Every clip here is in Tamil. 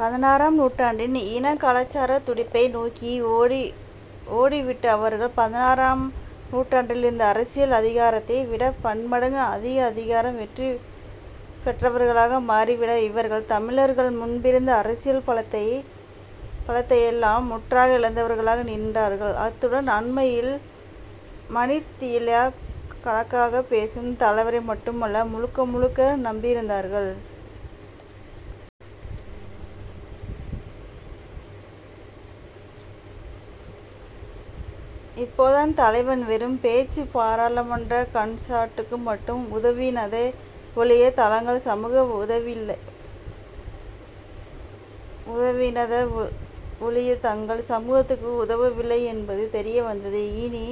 பதினாறாம் நூற்றாண்டின் இன கலாச்சாரத் துடிப்பை நோக்கி ஓடிவிட்ட அவர்கள் பதினாறாம் நூற்றாண்டிலிருந்த அரசியல் அதிகாரத்தை விட பன்மடங்கு அதிக அதிகாரம் பெற்றவர்களாக மாறிவிட இவர்கள், தமிழர்கள் முன்பிருந்த அரசியல் பலத்தையெல்லாம் முற்றாக இழந்தவர்களாக நின்றார்கள். அத்துடன் அண்மையில் மணித்தியாலக் கணக்காகப் பேசும் தலைவரை மட்டுமல்லவா முழுக்க முழுக்க நம்பியிருந்தார்கள்? இப்போதான் தலைவன் வெறும் பேச்சு பாராளுமன்ற 'ஹன்சாட்'டுக்கு மட்டும் உதவினதே ஒழிய தங்கள் சமூகத்துக்கு உதவவில்லை என்பது தெரிய வந்தது. இனி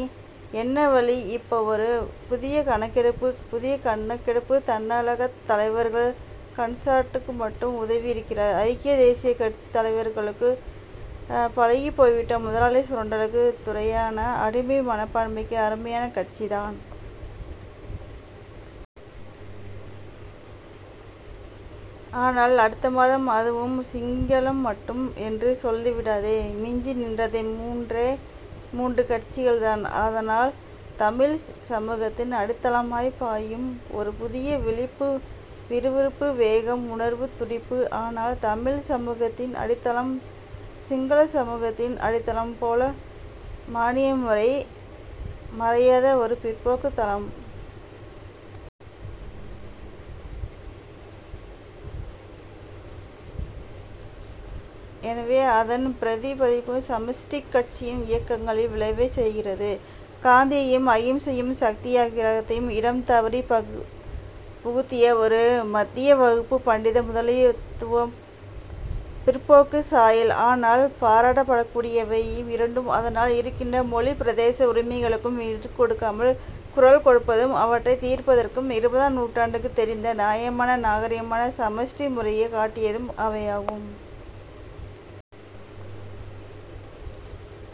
என்ன வழி இப்போ ஒரு புதிய கணக்கெடுப்பு. தன்னகல்லாத் தலைவர் ஹன்சாட்டுக்கு மட்டும் உதவியிருக்கிறார். ஐக்கிய தேசியக் கட்சி, தமிழர்களுக்குப் பழகிப்போய்விட்ட முதலாளி சுரண்டலுக்கும் துரைத்தன அடிமை மனப்பான்மைக்கும் அருமையான கட்சிதான். ஆனால், அடுத்த மாதம் அதுவும் சிங்களம் மட்டும் என்று சொல்லிவிட்டதே! மிஞ்சி நின்றவை மூன்றே மூன்று கட்சிகள்தான் அதனால் தமிழ்ச் சமூகத்தின் அடித்தளம்வரை பாயும் ஒரு புதிய விழிப்பு, விறுவிறுப்பு, வேகம், உணர்ச்சித் துடிப்பு. ஆனால், தமிழ்ச் சமூகத்தின் அடித்தளமும் சிங்களச் சமூகத்தின் அடித்தளம் போல் மானியமுறை மறையாத ஒரு பிற்போக்குத் தளம். எனவே அதன் பிரதிபலிப்பும் சமஷ்டிக் கட்சியின் இயக்கங்களில் விழவே செய்கிறது. காந்தியையும் அகிம்சையையும் சத்தியாக்கிரகத்தையும் இடம் தவறிப் புகுத்திய ஒரு மத்தியதர வகுப்பு, பண்டித முதலாளித்துவப் பிற்போக்குச் சாயல். ஆனால், பாராட்டப்படக்கூடியவையும் இரண்டு அதனிடம் இருக்கின்றன. மொழி பிரதேச உரிமைகளுக்கு விட்டுக்கொடுக்காமல் குரல் கொடுப்பதுவும் அவற்றைத் தீர்ப்பதற்கு இருபதாம் நூற்றாண்டுக்குத் தெரிந்த நியாயமான, நாகரிகமான சமஷ்டி முறையைக் காட்டியதும் அவையாகும்.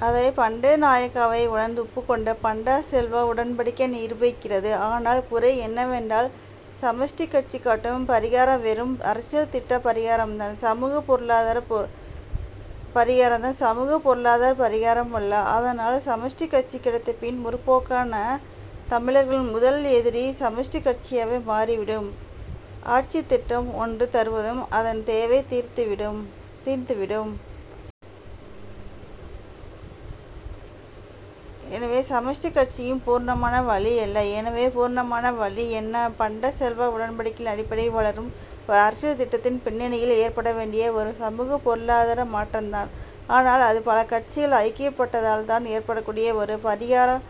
அதை பண்டாரநாயக்காவே உணர்ந்து ஒப்புக்கொண்டதை பண்டா-செல்வா உடன்படிக்கை நிரூபிக்கிறது. ஆனால் குறை என்னவென்றால் சமஷ்டிக் கட்சி காட்டும் பரிகாரம் வெறும் அரசியல் திட்டப் பரிகாரம்தான். சமூகப் பொருளாதாரப் பரிகாரமல்ல. அதனால் சமஷ்டி ஆட்சி கிடைத்தபின் முற்போக்கான தமிழர்களின் முதல் எதிரி சமஷ்டிக் கட்சியாகவே மாறிவிடும். ஆட்சித் திட்டம் ஒன்று தருவதுடன் அதன் தேவை தீர்ந்துவிடும். எனவே சமஷ்டிக் கட்சியும் பூரணமான வழி அல்ல. எனவே பூரணமான வழி என்ன? பண்டா-செல்வா உடன்படிக்கையின் அடிப்படையில் வளரும் ஒரு அரசியல் திட்டத்தின் பின்னணியில் ஏற்படவேண்டிய ஓர் சமூகப் பொருளாதார மாற்றம்தான். ஆனால் அது பல கட்சிகள் ஐக்கியப்பட்டால்தான் ஏற்படக்கூடிய ஒரு பரிகாரம்.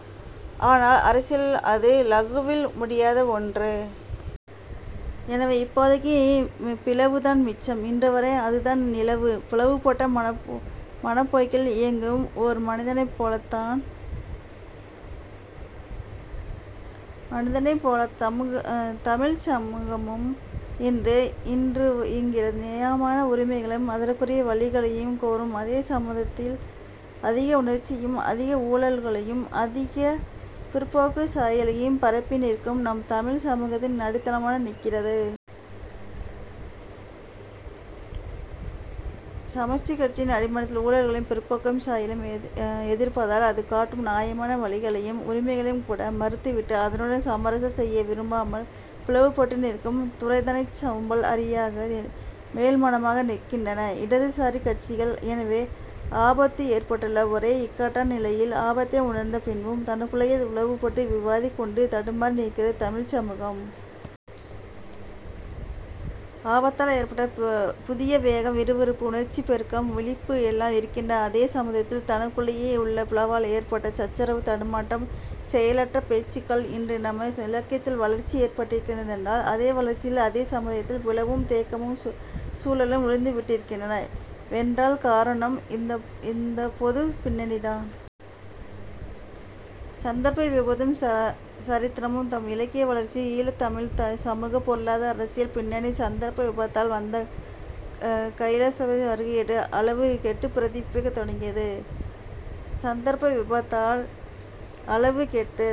ஆனால் அரசியலில் அது லகுவில் முடியாத ஒன்று. எனவே, இப்போதைக்குப் பிளவுதான் மிச்சம். இன்றுவரை அதுதான் நிலை. பிளவுபட்ட மனப்போக்கில் இயங்கும் ஓர் மனிதனைப்போல் தமிழ்ச் சமூகம் இன்று இயங்குகிறது. நியாயமான உரிமைகளையும் அதற்குரிய வழிகளையும் கோரும் அதே சமயத்தில் அதிக உணர்ச்சியையும் அதிக ஊழல்களையும் அதிகப் பிற்போக்குச் சாயலையும் பரப்பி நிற்கும் நம் தமிழ்ச் சமூகத்தின் அடிமனமாக நிற்கிறது. சமஷ்டிக் கட்சி. அடிமனத்தின் ஊழல்களையும் பிற்போக்குச் சாயலையும் எதிர்ப்பதால் அது காட்டும் நியாயமான வழிகளையும் உரிமைகளையுங் கூட மறுத்துவிட்டு அதனுடன் சமரசம் செய்ய விரும்பாமல் பிளவுபட்டு நிற்கும் துரைத்தனச் சோம்பல் அறிவாக, மேல்மனமாக நிற்கின்றன இடதுசாரிக் கட்சிகள். எனவே ஆபத்து ஏற்பட்டுள்ள ஓர் இக்கட்டான நிலையில் ஆபத்தை உணர்ந்த பின்பும் தனக்குள்ளேயே பிளவுபட்டு விவாதித்துக்கொண்டு தடுமாறி நிற்கிறது தமிழ்ச் சமூகம். ஆபத்தால் ஏற்பட்ட புதிய வேகம், விறுவிறுப்பு, உணர்ச்சிப் பெருக்கம், விழிப்பு எல்லாம் இருக்கின்ற அதே சமயத்தில் தனக்குள்ளேயே உள்ள பிளவால் ஏற்பட்டுள்ள சச்சரவு, தடுமாற்றம், செயலற்ற பேச்சுக்கள். இன்று நம் இலக்கியத்தில் வளர்ச்சி ஏற்பட்டிருக்கிறதென்றால், அதே வளர்ச்சியில் அதே சமயத்தில் பிளவும் தேக்கச் சூழலும் விழுந்துவிட்டிருக்கின்றனவென்றால் காரணம் இந்தப் பொதுப் பின்னணிதான். சந்தர்ப்ப விபத்தும் சரித்திரமும் நம் இலக்கிய வளர்ச்சியில் ஈழத் தமிழன் சமூகப் பொருளாதார அரசியல் பின்னணி சந்தர்ப்ப விபத்தால் வந்த க. கைலாசபதியின் வருகையோடு அளவு கெட்டுப் பிரதிபலிக்கத் தொடங்கியது. சந்தர்ப்ப விபத்தால் அளவு கெட்டு